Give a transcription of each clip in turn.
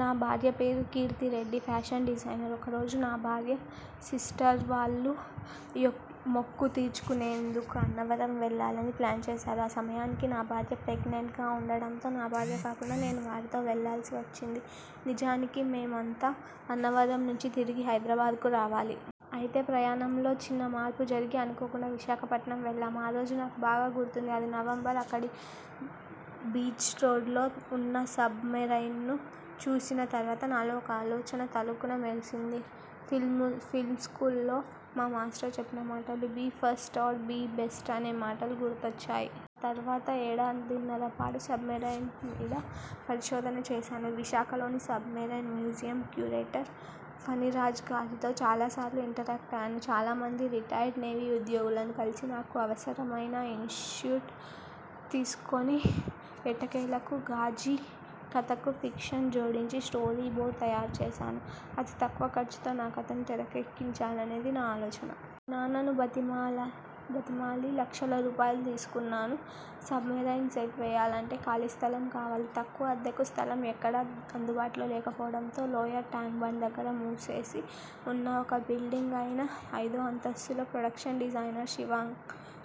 నా భార్య పేరు కీర్తి రెడ్డి. Fashion designer. ఒకరోజు నా భార్య సిస్టర్వాళ్లు మొక్కు తీర్చుకునేందుకు అన్నవరం వెళ్లాలని ప్లాన్ చేశారు. ఆ సమయానికి నా భార్య ప్రెగ్నెంట్గా ఉండటంతో నా భార్య కాకుండా నేను వారితో వెళ్లాల్సి వచ్చింది. నిజానికి మేమంతా అన్నవరం నుంచి తిరిగి హైదరాబాద్కు రావాలి. అయితే ప్రయాణంలో చిన్న మార్పు జరిగి అనుకోకుండా విశాఖపట్నం వెళ్లాం. ఆ రోజు నాకు బాగా గుర్తుంది. అది నవంబర్. అక్కడి బీచ్రోడ్లో ఉన్న సబ్మెరైన్ను చూసిన తర్వాత నాలో ఒక ఆలోచన తళుక్కున మెరిసింది. ఫిల్మ్స్కూల్లో మా మాస్టర్ చెప్పిన మాటలు 'be first or be best' అనే మాటలు గుర్తొచ్చాయి. ఆ తర్వాత ఏడాదిన్నర పాటు సబ్మెరైన్స్ మీద పరిశోధన చేశాను. విశాఖలోని సబ్మెరైన్ మ్యూజియం క్యూరేటర్ ఫణిరాజ్గారితో చాలాసార్లు ఇంటరాక్ట్ అయ్యాను. చాలామంది రిటైర్డ్ నేవీ ఉద్యోగులను కలిసి నాకు అవసరమైన ఇన్పుట్స్ తీసుకుని ఎట్టకేలకు 'ఘాజీ' కథకు ఫిక్షన్ జోడించి స్టోరీబోర్డ్ తయారుచేశాను. అతి తక్కువ ఖర్చుతో నా కథను తెరకెక్కించాలనేది నా ఆలోచన. మా నాన్నను బతిమాలి లక్షల రూపాయలు తీసుకున్నాను. 'సబ్మెరైన్' సెట్ వేయాలంటే ఖాళీ స్థలం కావాలి. తక్కువ అద్దెకు స్థలం ఎక్కడా అందుబాటులో లేకపోవడంతో లోయర్ టాంక్బండ్ దగ్గర మూసేసి ఉన్న ఒక బిల్డింగ్పైన ఐదో అంతస్తులో ప్రొడక్షన్ డిజైనర్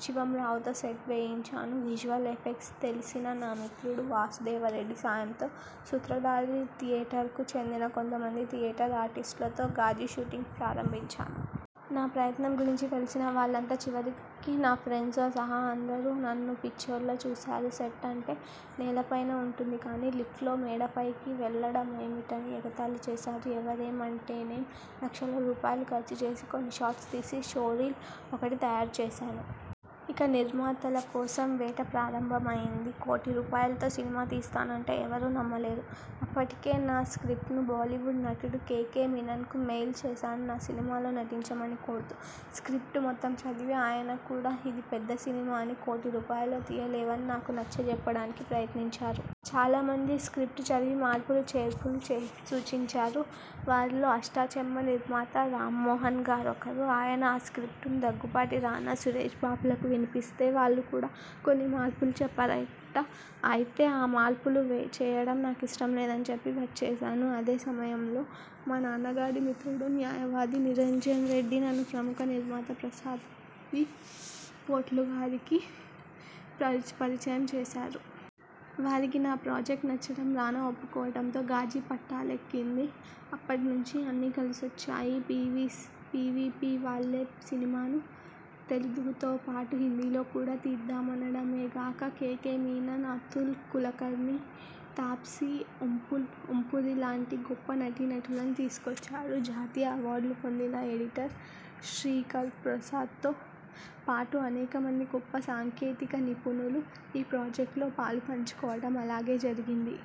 శివంరావుతో సెట్ వేయించాను. విజువల్ ఎఫెక్ట్స్ తెలిసిన నా మిత్రుడు వాసుదేవరెడ్డి సాయంతో, 'సూత్రధారి' థియేటర్కు చెందిన కొంతమంది థియేటర్ ఆర్టిస్టులతో 'ఘాజీ' షూటింగ్ ప్రారంభించాను. నా ప్రయత్నం గురించి తెలిసిన వాళ్లంతా చివరికి నా ఫ్రెండ్స్తో సహా అందరూ నన్నో పిచ్చోడిలా చూశారు. సెట్ అంటే నేలపైన ఉంటుంది కానీ లిఫ్ట్లో మేడపైకి వెళ్లడమేమిటని ఎగతాళి చేశారు. ఎవరేమంటేనేం లక్షల రూపాయలు ఖర్చుచేసి కొన్ని షాట్స్ తీసి, షోరీల్ ఒకటి తయారుచేశాను. ఇక నిర్మాతల కోసం వేట ప్రారంభమైంది. కోటి రూపాయలతో సినిమా తీస్తానంటే ఎవరూ నమ్మలేదు. అప్పటికే నా స్ర్కిప్టును బాలీవుడ్ నటుడు కెకె మీనన్కు మెయిల్ చేశాను నా సినిమాలో నటించమని కోరుతూ. స్ర్కిప్టు మొత్తం చదివి ఆయన కూడా ఇది పెద్ద సినిమా అని, కోటి రూపాయల్లో తీయలేవని నాకు నచ్చజెప్పడానికి ప్రయత్నించారు. చాలామంది స్ర్కిప్టు చదివి మార్పులు చేర్పులు సూచించారు. వారిలో 'అష్టాచెమ్మా' నిర్మాత రామ్మోహన్గారొకరు. ఆయన ఆ స్ర్కిప్టును దగ్గుబాటి రానా, సురేష్బాబులకు వినిపిస్తే వాళ్లు కూడా కొన్ని మార్పులు చెప్పారట. అయితే ఆ మార్పులు చేయడం నాకిష్టం లేదని చెప్పి వచ్చేశాను. అదే సమయంలో మా నాన్నగారి మిత్రుడు, న్యాయవాది నిరంజన్రెడ్డి నన్ను ప్రముఖ నిర్మాత ప్రసాద్ వి పొట్లూరిగారికి పరిచయం చేశారు. వారికి నా ప్రాజెక్ట్ నచ్చడం, రానా ఒప్పుకోవడంతో 'ఘాజీ' పట్టాలెక్కింది. అప్పటి నుంచి అన్నీ కలిసొచ్చాయి. పీవీపీవాళ్లే సినిమాను తెలుగుతో పాటు హిందీలో కూడా తీద్దామనడమేగాక, కెకె మీనన్, అతుల్ కులకర్ణి, తాప్సీ, ఓంపురిలాంటి గొప్ప నటీనటులను తీసుకొచ్చారు. జాతీయ అవార్డులు పొందిన ఎడిటర్ శ్రీకర్ప్రసాద్తో పాటు అనేకమంది గొప్ప సాంకేతిక నిపుణులు ఈ ప్రాజెక్టులో పాలు పంచుకోవడం అలాగే జరిగింది.